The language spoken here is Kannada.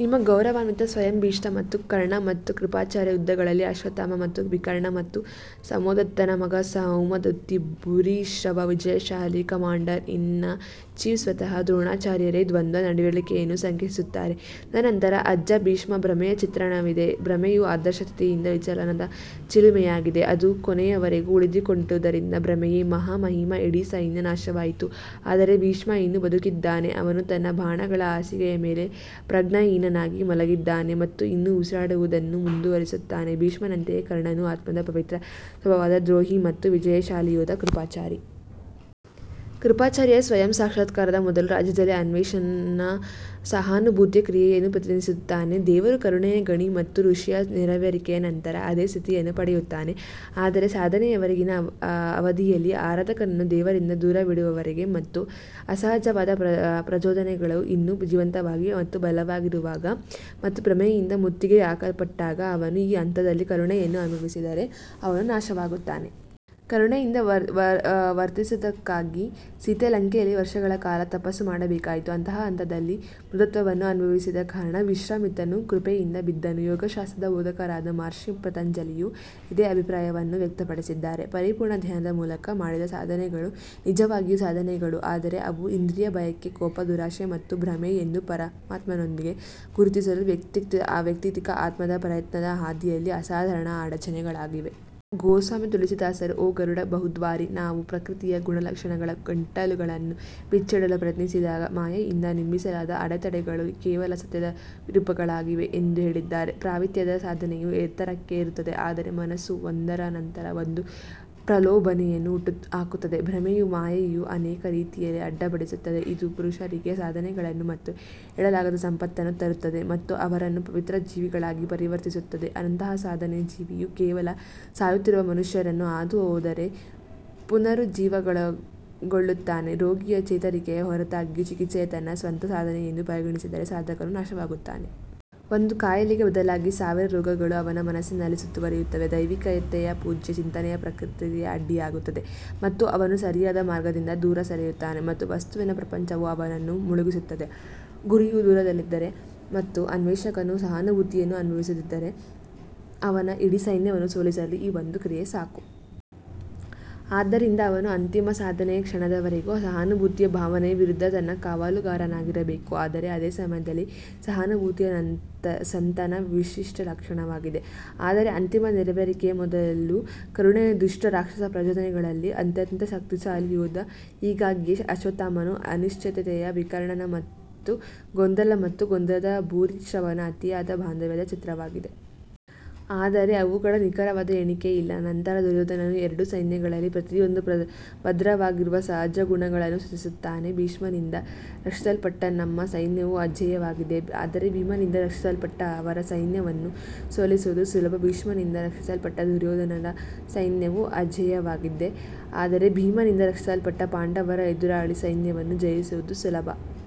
ನಿಮ್ಮ ಗೌರವಾನ್ವಿತ ಸ್ವಯಂ ಭೀಷ್ಮ ಮತ್ತು ಕರ್ಣ ಮತ್ತು ಕೃಪಾಚಾರ್ಯ ಯುದ್ಧಗಳಲ್ಲಿ ಅಶ್ವತ್ಥಾಮ ಮತ್ತು ವಿಕರ್ಣ ಮತ್ತು ಸೋಮದತ್ತನ ಮಗ ಸೌಮದುತ್ತಿ ಭೂರಿಶ್ರವ ವಿಜಯಶಾಲಿ ಕಮಾಂಡರ್ ಇನ್ ಚೀಫ್ ಸ್ವತಃ ದ್ರೋಣಾಚಾರ್ಯರೇ ದ್ವಂದ್ವ ನಡವಳಿಕೆಯನ್ನು ಸಂಕೇತಿಸುತ್ತಾರೆ ತದನಂತರ ಅಜ್ಜ ಭೀಷ್ಮ್ ಭ್ರಮೆಯ ಚಿತ್ರಣವಿದೆ ಭ್ರಮೆಯು ಆದರ್ಶ ಸ್ಥಿತಿಯಿಂದ ವಿಚಲನದ ಚಿಲುಮೆಯಾಗಿದೆ ಅದು ಕೊನೆಯವರೆಗೂ ಉಳಿದುಕೊಂಡಿರುವುದರಿಂದ ಭ್ರಮೆಯೇ ಮಹಾಮಹಿಮ ಇಡೀ ಸೈನ್ಯ ನಾಶವಾಯಿತು ಆದರೆ ಭೀಷ್ಮ ಇನ್ನೂ ಬದುಕಿದ್ದಾನೆ ಅವನು ತನ್ನ ಬಾಣಗಳ ಹಾಸಿಗೆಯ ಮೇಲೆ ಪ್ರಜ್ಞಾಹೀನನಾಗಿ ಮಲಗಿದ್ದಾನೆ ಮತ್ತು ಇನ್ನೂ ಉಸಿರಾಡುವುದನ್ನು ಮುಂದುವರಿಸುತ್ತಾನೆ ಭೀಷ್ಮನಂತೆಯೇ ಕರ್ಣನು ಆತ್ಮದ ಪವಿತ್ರ ಸ್ವಭಾವದ ದ್ರೋಹಿ ಮತ್ತು ವಿಜಯಶಾಲಿ ಯೋಧ ಕೃಪಾಚಾರಿ. ಕೃಪಾಚಾರಿಯು ಸ್ವಯಂ ಸಾಕ್ಷಾತ್ಕಾರದ ಮೊದಲು ರಾಜ್ಯದಲ್ಲಿ ಅನ್ವೇಷಕನ ಸಹಾನುಭೂತಿಯ ಕ್ರಿಯೆಯನ್ನು ಪ್ರತಿನಿಧಿಸುತ್ತಾನೆ ದೇವರು ಕರುಣೆಯ ಗಣಿ ಮತ್ತು ಋಷಿಯು ನೆರವೇರಿಕೆಯ ನಂತರ ಅದೇ ಸ್ಥಿತಿಯನ್ನು ಪಡೆಯುತ್ತಾನೆ ಆದರೆ ಸಾಧನೆಯವರೆಗಿನ ಅವಧಿಯಲ್ಲಿ, ಆರಾಧಕನನ್ನು ದೇವರಿಂದ ದೂರವಿಡುವವರೆಗೆ ಮತ್ತು ಅಸಹಜವಾದ ಪ್ರಚೋದನೆಗಳು ಇನ್ನೂ ಜೀವಂತವಾಗಿ ಮತ್ತು ಬಲವಾಗಿರುವಾಗ ಮತ್ತು ಭ್ರಮೆಯಿಂದ ಮುತ್ತಿಗೆ ಹಾಕಲ್ಪಟ್ಟಾಗ ಅವನು ಈ ಹಂತದಲ್ಲಿ ಕರುಣೆಯನ್ನು ಅನುಭವಿಸಿದರೆ ಅವನು ನಾಶವಾಗುತ್ತಾನೆ. ಕರುಣೆಯಿಂದ ವರ್ತಿಸಿದ್ದಕ್ಕಾಗಿ ಸೀತೆ ಲಂಕೆಯಲ್ಲಿ ವರ್ಷಗಳ ಕಾಲ ತಪಸ್ಸು ಮಾಡಬೇಕಾಯಿತು ಅಂತಹ ಹಂತದಲ್ಲಿ ಮೃದುತ್ವವನ್ನು ಅನುಭವಿಸಿದ ಕಾರಣ ವಿಶ್ವಾಮಿತ್ರನು ಕೃಪೆಯಿಂದ ಬಿದ್ದನು ಯೋಗಶಾಸ್ತ್ರದ ಬೋಧಕರಾದ ಮಹರ್ಷಿ ಪತಂಜಲಿಯು ಇದೇ ಅಭಿಪ್ರಾಯವನ್ನು ವ್ಯಕ್ತಪಡಿಸಿದ್ದಾರೆ ಪರಿಪೂರ್ಣ ಧ್ಯಾನದ ಮೂಲಕ ಮಾಡಿದ ಸಾಧನೆಗಳು ನಿಜವಾಗಿಯೂ ಸಾಧನೆಗಳು ಆದರೆ ಅವು ಇಂದ್ರಿಯ ಬಯಕೆ ಕೋಪ ದುರಾಶೆ ಮತ್ತು ಭ್ರಮೆ ಎಂದು ಪರಮಾತ್ಮನೊಂದಿಗೆ ಗುರುತಿಸಲು ವೈಯಕ್ತಿಕ ಆತ್ಮದ ಪ್ರಯತ್ನದ ಹಾದಿಯಲ್ಲಿ ಅಸಾಧಾರಣ ಅಡಚಣೆಗಳಾಗಿವೆ. ಗೋಸ್ವಾಮಿ ತುಳಸಿದಾಸರು, ಓ ಗರುಡ ಬಹುದ್ವಾರಿ, ನಾವು ಪ್ರಕೃತಿಯ ಗುಣಲಕ್ಷಣಗಳ ಗಂಟುಗಳನ್ನು ಬಿಚ್ಚಿಡಲು ಪ್ರಯತ್ನಿಸಿದಾಗ ಮಾಯೆಯಿಂದ ನಿರ್ಮಿಸಲಾದ ಅಡೆತಡೆಗಳು ಕೇವಲ ಸತ್ಯದ ವಿರೂಪಗಳಾಗಿವೆ ಎಂದು ಹೇಳಿದ್ದಾರೆ. ಪಾವಿತ್ರ್ಯದ ಸಾಧನೆಯು ಎತ್ತರಕ್ಕೆ ಏರುತ್ತದೆ ಆದರೆ ಮನಸ್ಸು ಒಂದರ ನಂತರ ಒಂದು ಪ್ರಲೋಭನೆಯನ್ನು ಹುಟ್ಟುಹಾಕುತ್ತದೆ ಭ್ರಮೆಯ ಮಾಯೆಯು ಅನೇಕ ರೀತಿಯಲ್ಲಿ ಅಡ್ಡಿಪಡಿಸುತ್ತದೆ ಇದು ಪುರುಷರಿಗೆ ಸಾಧನೆಗಳನ್ನು ಮತ್ತು ಹೇಳಲಾಗದ ಸಂಪತ್ತನ್ನು ತರುತ್ತದೆ ಮತ್ತು ಅವರನ್ನು ಪವಿತ್ರ ಜೀವಿಗಳಾಗಿ ಪರಿವರ್ತಿಸುತ್ತದೆ ಅಂತಹ ಸಾಧನೆಯ ಜೀವಿಯು ಕೇವಲ ಸಾಯುತ್ತಿರುವ ಮನುಷ್ಯನನ್ನು ಹಾದುಹೋದರೆ ಪುನರುಜ್ಜೀವನಗೊಳ್ಳುತ್ತಾನೆ ರೋಗಿಯ ಚೇತರಿಕೆಯ ಹೊರತಾಗಿಯೂ, ಚಿಕಿತ್ಸೆಯು ತನ್ನ ಸ್ವಂತ ಸಾಧನೆ ಎಂದು ಪರಿಗಣಿಸಿದರೆ ಸಾಧಕನು ನಾಶವಾಗುತ್ತಾನೆ. ಒಂದು ಕಾಯಿಲೆಗೆ ಬದಲಾಗಿ ಸಾವಿರ ರೋಗಗಳು ಅವನ ಮನಸ್ಸಿನಲ್ಲಿ ಸುತ್ತುವರಿಯುತ್ತವೆ, ದೈವಿಕತೆಯ ಪೂಜ್ಯ ಚಿಂತನೆಯ ಪ್ರಕ್ರಿಯೆಯು ಅಡ್ಡಿಯಾಗುತ್ತದೆ ಮತ್ತು ಅವನು ಸರಿಯಾದ ಮಾರ್ಗದಿಂದ ದೂರ ಸರಿಯುತ್ತಾನೆ ಮತ್ತು ವಸ್ತುವಿನ ಪ್ರಪಂಚವು ಅವನನ್ನು ಮುಳುಗಿಸುತ್ತದೆ. ಗುರಿಯು ದೂರದಲ್ಲಿದ್ದರೆ ಮತ್ತು ಅನ್ವೇಷಕನು ಸಹಾನುಭೂತಿಯನ್ನು ಅನುಭವಿಸಿದರೆ, ಅವನ ಇಡೀ ಸೈನ್ಯವನ್ನು ಸೋಲಿಸಲು ಈ ಒಂದು ಕ್ರಿಯೆ ಸಾಕು. ಆದ್ದರಿಂದ ಅವನು ಅಂತಿಮ ಸಾಧನೆಯ ಕ್ಷಣದವರೆಗೂ ಸಹಾನುಭೂತಿಯ ಭಾವನೆಯ ವಿರುದ್ಧ ತನ್ನ ಕಾವಲುಗಾರನಾಗಿರಬೇಕು ಆದರೆ ಅದೇ ಸಮಯದಲ್ಲಿ ಸಹಾನುಭೂತಿಯು ಸಂತನ ವಿಶಿಷ್ಟ ಲಕ್ಷಣವಾಗಿದೆ. ಆದರೆ ಅಂತಿಮ ನೆರವೇರಿಕೆಯ ಮೊದಲು ಕರುಣೆಯು ದುಷ್ಟ ರಾಕ್ಷಸ ಪ್ರಚೋದನೆಗಳಲ್ಲಿ ಅತ್ಯಂತ ಶಕ್ತಿಶಾಲಿ ಯೋಧ ಹೀಗಾಗಿಯೇ ಅಶ್ವತ್ಥಾಮನು ಅನಿಶ್ಚಿತತೆಯ ವಿಕರ್ಣನ ಮತ್ತು ಗೊಂದಲ ಮತ್ತು ಗೊಂದಲದ ಭೂರಿಶ್ರವನ ಅತಿಯಾದ ಬಾಂಧವ್ಯದ ಚಿತ್ರವಾಗಿದೆ. ಆದರೆ ಅವುಗಳ ನಿಖರವಾದ ಎಣಿಕೆ ಇಲ್ಲ ನಂತರ ದುರ್ಯೋಧನನು ಎರಡು ಸೈನ್ಯಗಳಲ್ಲಿ ಪ್ರತಿಯೊಂದೂ ಭದ್ರವಾಗಿರುವ ಸಹಜ ಗುಣಗಳನ್ನು ಸೂಚಿಸುತ್ತಾನೆ ಭೀಷ್ಮನಿಂದ ರಕ್ಷಿಸಲ್ಪಟ್ಟ ನಮ್ಮ ಸೈನ್ಯವು ಅಜೇಯವಾಗಿದೆ ಆದರೆ ಭೀಮನಿಂದ ರಕ್ಷಿಸಲ್ಪಟ್ಟ ಅವರ ಸೈನ್ಯವನ್ನು ಸೋಲಿಸುವುದು ಸುಲಭ ಭೀಷ್ಮನಿಂದ ರಕ್ಷಿಸಲ್ಪಟ್ಟ ದುರ್ಯೋಧನರ ಸೈನ್ಯವು ಅಜೇಯವಾಗಿದೆ ಆದರೆ ಭೀಮನಿಂದ ರಕ್ಷಿಸಲ್ಪಟ್ಟ ಪಾಂಡವರ ಎದುರಾಳಿ ಸೈನ್ಯವನ್ನು ಜಯಿಸುವುದು ಸುಲಭ.